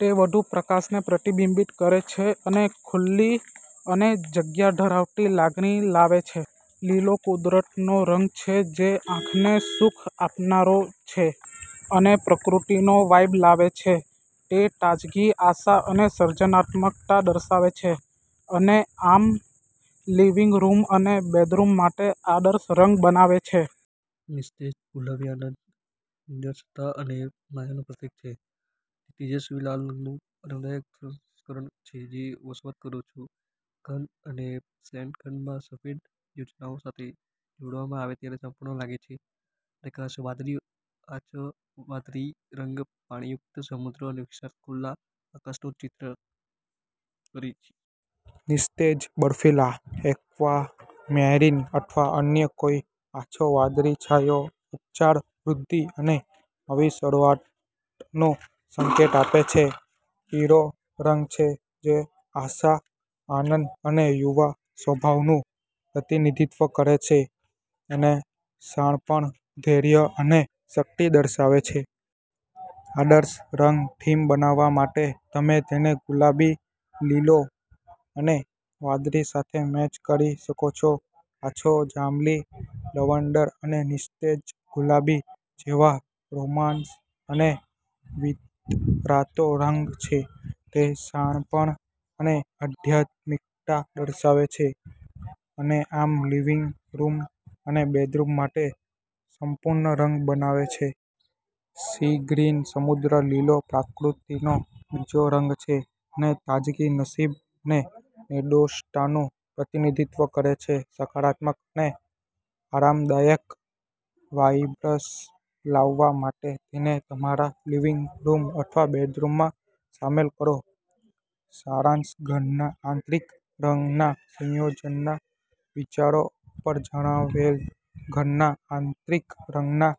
તે વધુ પ્રકાશને પ્રતિબિંબિત કરે છે અને ખુલ્લી અને જગ્યા ધરાવતી લાગણી લાવે છે. લીલો કુદરતનો રંગ છે જે આંખને સુખ આપનારો છે અને પ્રકૃતિનો વાઇબ લાવે છે. તે તાજગી, આશા અને સર્જનાત્મકતા દર્શાવે છે અને આમ લિવિંગ રૂમ અને બેડરૂમ માટે આદર્શ રંગ બનાવે છે. નિસ્તેજ ગુલાબી આનંદ, નિર્દોષતા અને માયાનું પ્રતીક છે. તે તેજસ્વી લાલ રંગનું આરામદાયક સંસ્કરણ છે જે વસવાટ કરો છો ખંડ અને શયનખંડમાં સફેદ યોજનાઓ સાથે જોડવામાં આવે ત્યારે સંપૂર્ણ લાગે છે. પ્રકાશ વાદળી, આછો વાદળી રંગ પાણીયુક્ત સમુદ્ર અને વિશાળ અને ખુલ્લા આકાશનું ચિત્રણ કરે છે. નિસ્તેજ બર્ફીલા, એક્વામેરિન અથવા અન્ય કોઈ આછો વાદળી છાંયો ઉપચાર, વૃદ્ધિ અને નવી શરૂઆતનો સંકેત આપે છે. પીળો રંગ છે જે આશા, આનંદ અને યુવા સ્વભાવનું પ્રતિનિધિત્વ કરે છે અને શાણપણ, ધૈર્ય અને શક્તિ દર્શાવે છે. આદર્શ રંગ થીમ બનાવવા માટે તમે તેને ગુલાબી, લીલો અથવા વાદળી સાથે મેચ કરી શકો છો. આછો જાંબલી લવંડર અને નિસ્તેજ ગુલાબી જેવા રોમાંસ અને વીરતાનો રંગ છે. તે શાણપણ અને આધ્યાત્મિકતા દર્શાવે છે અને આમ લિવિંગ રૂમ અને બેડરૂમ માટે સંપૂર્ણ રંગ બનાવે છે. સી ગ્રીન, સમુદ્ર લીલો પ્રકૃતિનો બીજો રંગ છે અને તાજગી, નસીબ અને નિર્દોષતાનું પ્રતિનિધિત્વ કરે છે. સકારાત્મક અને આરામદાયક વાઇબ્સ લાવવા માટે તેને તમારા લિવિંગ રૂમ અથવા બેડરૂમમાં સામેલ કરો. સારાંશઘરના આંતરિક રંગના સંયોજનના વિચારો ઉપર જણાવેલ ઘરના આંતરિક રંગના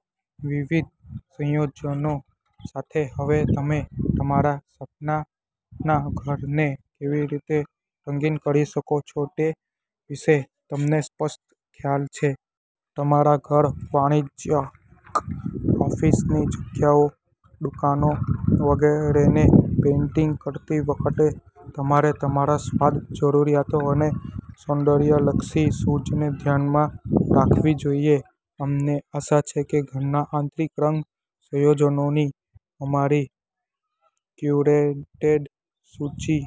વિવિધ સંયોજનો સાથે હવે તમે તમારા સપનાના ઘરને કેવી રીતે રંગિત કરી શકો છો તે વિશે તમને સ્પષ્ટ ખ્યાલ છે. તમારા ઘર, વાણિજ્યિક, ઓફિસની જગ્યાઓ, દુકાનો વગેરેને પેઇન્ટિંગ કરતી વખતે તમારે તમારા સ્વાદ, જરૂરિયાતો અને સૌંદર્યલક્ષી સૂઝને ધ્યાનમાં રાખવી જોઈએ. અમને આશા છે કે ઘરના આંતરિક રંગ સંયોજનોની અમારી ક્યુરેટેડ સૂચિ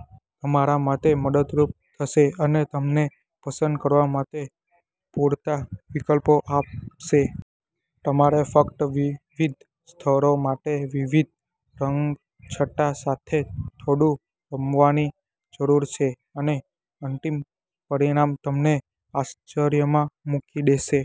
તમારા માટે મદદરૂપ થશે અને તમને પસંદ કરવા માટે પૂરતા વિકલ્પો આપશે. તમારે ફક્ત વિવિધ સ્થળો માટે વિવિધ રંગછટા સાથે થોડું રમવાની જરૂર છે અને અંતિમ પરિણામ તમને આશ્ચર્યમાં મૂકી દેશે.